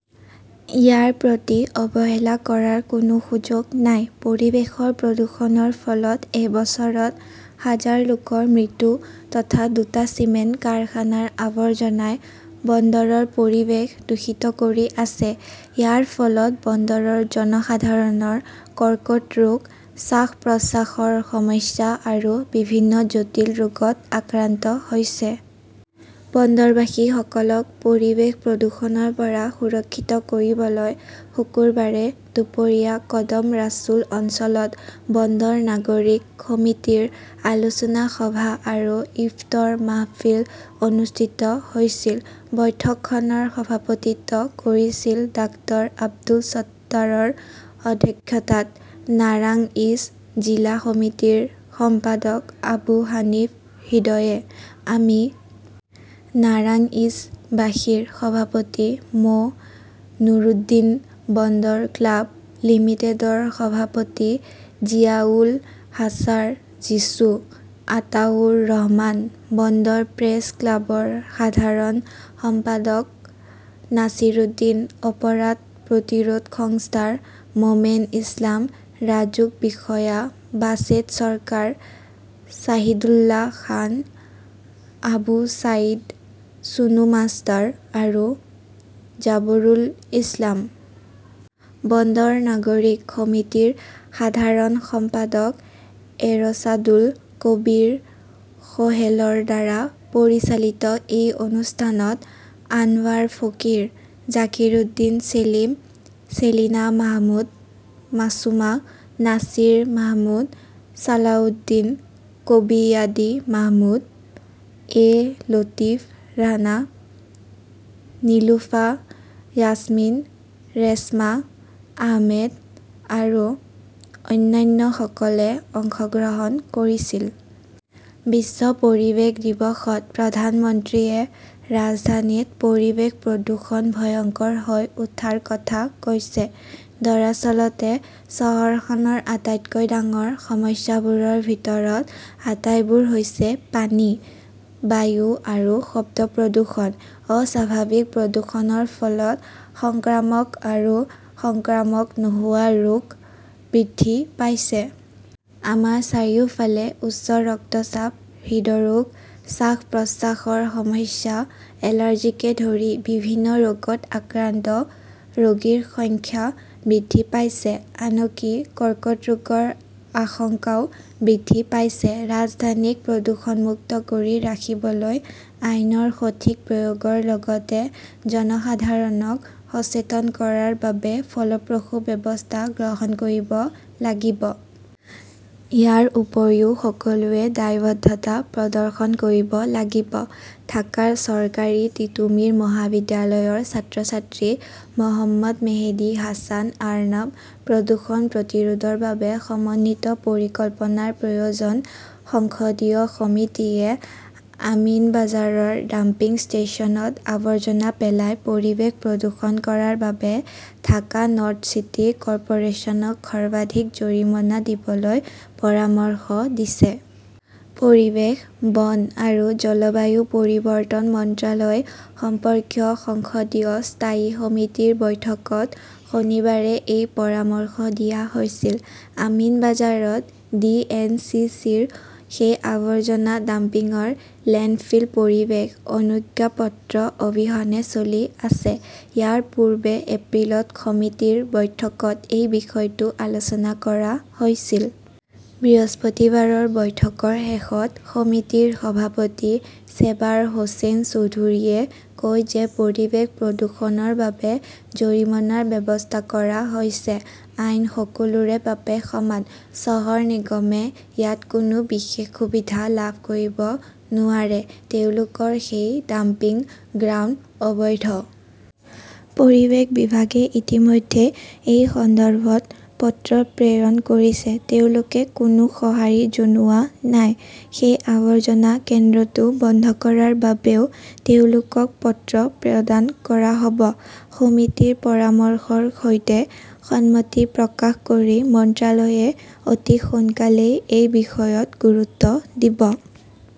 ইয়াৰ প্ৰতি অৱহেলা কৰাৰ কোনো সুযোগ নাই। পৰিৱেশৰ প্ৰদূষণৰ ফলত এবছৰত হাজাৰ লোকৰ মৃত্যু তথা দুটা চিমেণ্ট কাৰখানাৰ আৱৰ্জনাই বন্দৰৰ পৰিৱেশ দূষিত কৰি আছে। ইয়াৰ ফলত বন্দৰৰ জনসাধাৰণৰ কৰ্কট ৰোগ, শ্বাস-প্ৰশ্বাসৰ সমস্যা আৰু বিভিন্ন জটিল ৰোগত আক্ৰান্ত হৈছে। বন্দৰবাসীসকলক পৰিৱেশ প্ৰদূষণৰ পৰা সুৰক্ষিত কৰিবলৈ শুকুৰবাৰে দুপৰীয়া কদম ৰাছুল অঞ্চলত বন্দৰ নাগৰিক সমিতিৰ আলোচনা সভা আৰু ইফতৰ মাহফিল অনুষ্ঠিত হৈছিল। বৈঠকখনৰ সভাপতিত্ব কৰিছিল ডাঃ আব্দুল ছট্টাৰৰ অধ্যক্ষতাত নাৰাংইজ জিলা সমিতিৰ সম্পাদক আবু হানিফ হৃদয়ে। আমি নাৰাংইজবাসীৰ সভাপতি মো. নুৰুদ্দিন, বন্দৰ ক্লাব লিমিটেডৰ সভাপতি জিয়াউল হাছাৰ জিছু, আতাউৰ ৰহমান, বন্দৰ প্ৰেছ ক্লাবৰ সাধাৰণ সম্পাদক নাছিৰুদ্দিন অপৰাধ প্ৰতিৰোধ সংস্থাৰ মোমেন ইছলাম, ৰাজুক বিষয়া বাছেড চৰকাৰ, শ্বাহিদুল্লাহ খান, আবু ছাইদ চুনু মাষ্টাৰ আৰু জাবৰুল ইছলাম। বন্দৰ নাগৰিক সমিতিৰ সাধাৰণ সম্পাদক এৰশ্বাদুল কবীৰ সোহেলৰ দ্বাৰা পৰিচালিত এই অনুষ্ঠানত আনৱাৰ ফকীৰ, জাকিৰউদ্দিন ছেলিম, চেলিনা মাহমুদ মাছুমা, নাছিৰ মাহমুদ, চালাউদ্দিন, কবি য়াদি মাহমুদ, এ লতিফ ৰাণা, নিলুফা য়াসমিন ৰেশমা আহমেদ আৰু অন্যান্যসকলে অংশগ্ৰহণ কৰিছিল। বিশ্ব পৰিৱেশ দিৱসত প্ৰধানমন্ত্ৰীয়ে ৰাজধানীত পৰিৱেশ প্ৰদূষণ ভয়ংকৰ হৈ উঠাৰ কথা কৈছে। দৰাচলতে, চহৰখনৰ আটাইতকৈ ডাঙৰ সমস্যাবোৰৰ ভিতৰত আটাইবোৰ হৈছে পানী, বায়ু আৰু শব্দ প্ৰদূষণ। অস্বাভাৱিক প্ৰদূষণৰ ফলত সংক্ৰামক আৰু সংক্ৰামক নোহোৱা ৰোগ বৃদ্ধি পাইছে। আমাৰ চাৰিওফালে উচ্চ ৰক্তচাপ, হৃদৰোগ, শ্বাস-প্ৰশ্বাসৰ সমস্যা, এলাৰ্জিকে ধৰি বিভিন্ন ৰোগত আক্ৰান্ত ৰোগীৰ সংখ্যা বৃদ্ধি পাইছে; আনকি কৰ্কট ৰোগৰ আশংকাও বৃদ্ধি পাইছে। ৰাজধানীক প্ৰদূষণমুক্ত কৰি ৰাখিবলৈ আইনৰ সঠিক প্ৰয়োগৰ লগতে জনসাধাৰণক সচেতন কৰাৰ বাবে ফলপ্ৰসূ ব্যৱস্থা গ্ৰহণ কৰিব লাগিব। ইয়াৰ উপৰিও সকলোৱে দায়বদ্ধতা প্ৰদৰ্শন কৰিব লাগিব। ঢাকাৰ চৰকাৰী তিতুমীৰ মহাবিদ্যালয়ৰ ছাত্ৰ-ছাত্ৰী মহম্মদ মেহেদী হাছান আৰ্নাব। প্ৰদূষণ প্ৰতিৰোধৰ বাবে সমন্বিত পৰিকল্পনাৰ প্ৰয়োজন সংসদীয় সমিতিয়ে আমিনবাঝাৰৰ ডাম্পিং ষ্টেচনত আৱৰ্জনা পেলাই পৰিৱেশ প্ৰদূষণ কৰাৰ বাবে ঢাকা নৰ্থ চিটি কৰ্পোৰেচনক সৰ্বাধিক জৰিমনা দিবলৈ পৰামৰ্শ দিছে। পৰিৱেশ, বন আৰু জলবায়ু পৰিৱৰ্তন মন্ত্ৰালয় সম্পৰ্কীয় সংসদীয় স্থায়ী সমিতিৰ বৈঠকত শনিবাৰে এই পৰামৰ্শ দিয়া হৈছিল। আমিনবাঝাৰত ডি. এন. চি. চি. -ৰ সেই আৱৰ্জনা ডাম্পিংৰ লেণ্ডফিল পৰিৱেশ অনুজ্ঞাপত্ৰ অবিহনে চলি আছে। ইয়াৰ পূৰ্বে এপ্ৰিলত সমিতিৰ বৈঠকত এই বিষয়টো আলোচনা কৰা হৈছিল। বৃহস্পতিবাৰৰ বৈঠকৰ শেষত সমিতিৰ সভাপতি চেবাৰ হোসেন চৌধুৰীয়ে কয় যে পৰিৱেশ প্ৰদূষণৰ বাবে জৰিমনাৰ ব্যৱস্থা কৰা হৈছে। আইন সকলোৰে বাবে সমান। চহৰ নিগমে ইয়াত কোনো বিশেষ সুবিধা লাভ কৰিব নোৱাৰে। তেওঁলোকৰ সেই ডাম্পিং গ্ৰাউণ্ড অবৈধ। পৰিৱেশ বিভাগে ইতিমধ্যে এই সন্দৰ্ভত পত্ৰ প্ৰেৰণ কৰিছে, তেওঁলোকে কোনো সঁহাৰি জনোৱা নাই। সেই আৱৰ্জনা কেন্দ্ৰটো বন্ধ কৰাৰ বাবেও তেওঁলোকক পত্ৰ প্ৰদান কৰা হ'ব। সমিতিৰ পৰামৰ্শৰ সৈতে সন্মতি প্ৰকাশ কৰি মন্ত্ৰালয়ে অতি সোনকালেই এই বিষয়ত গুৰুত্ব দিব।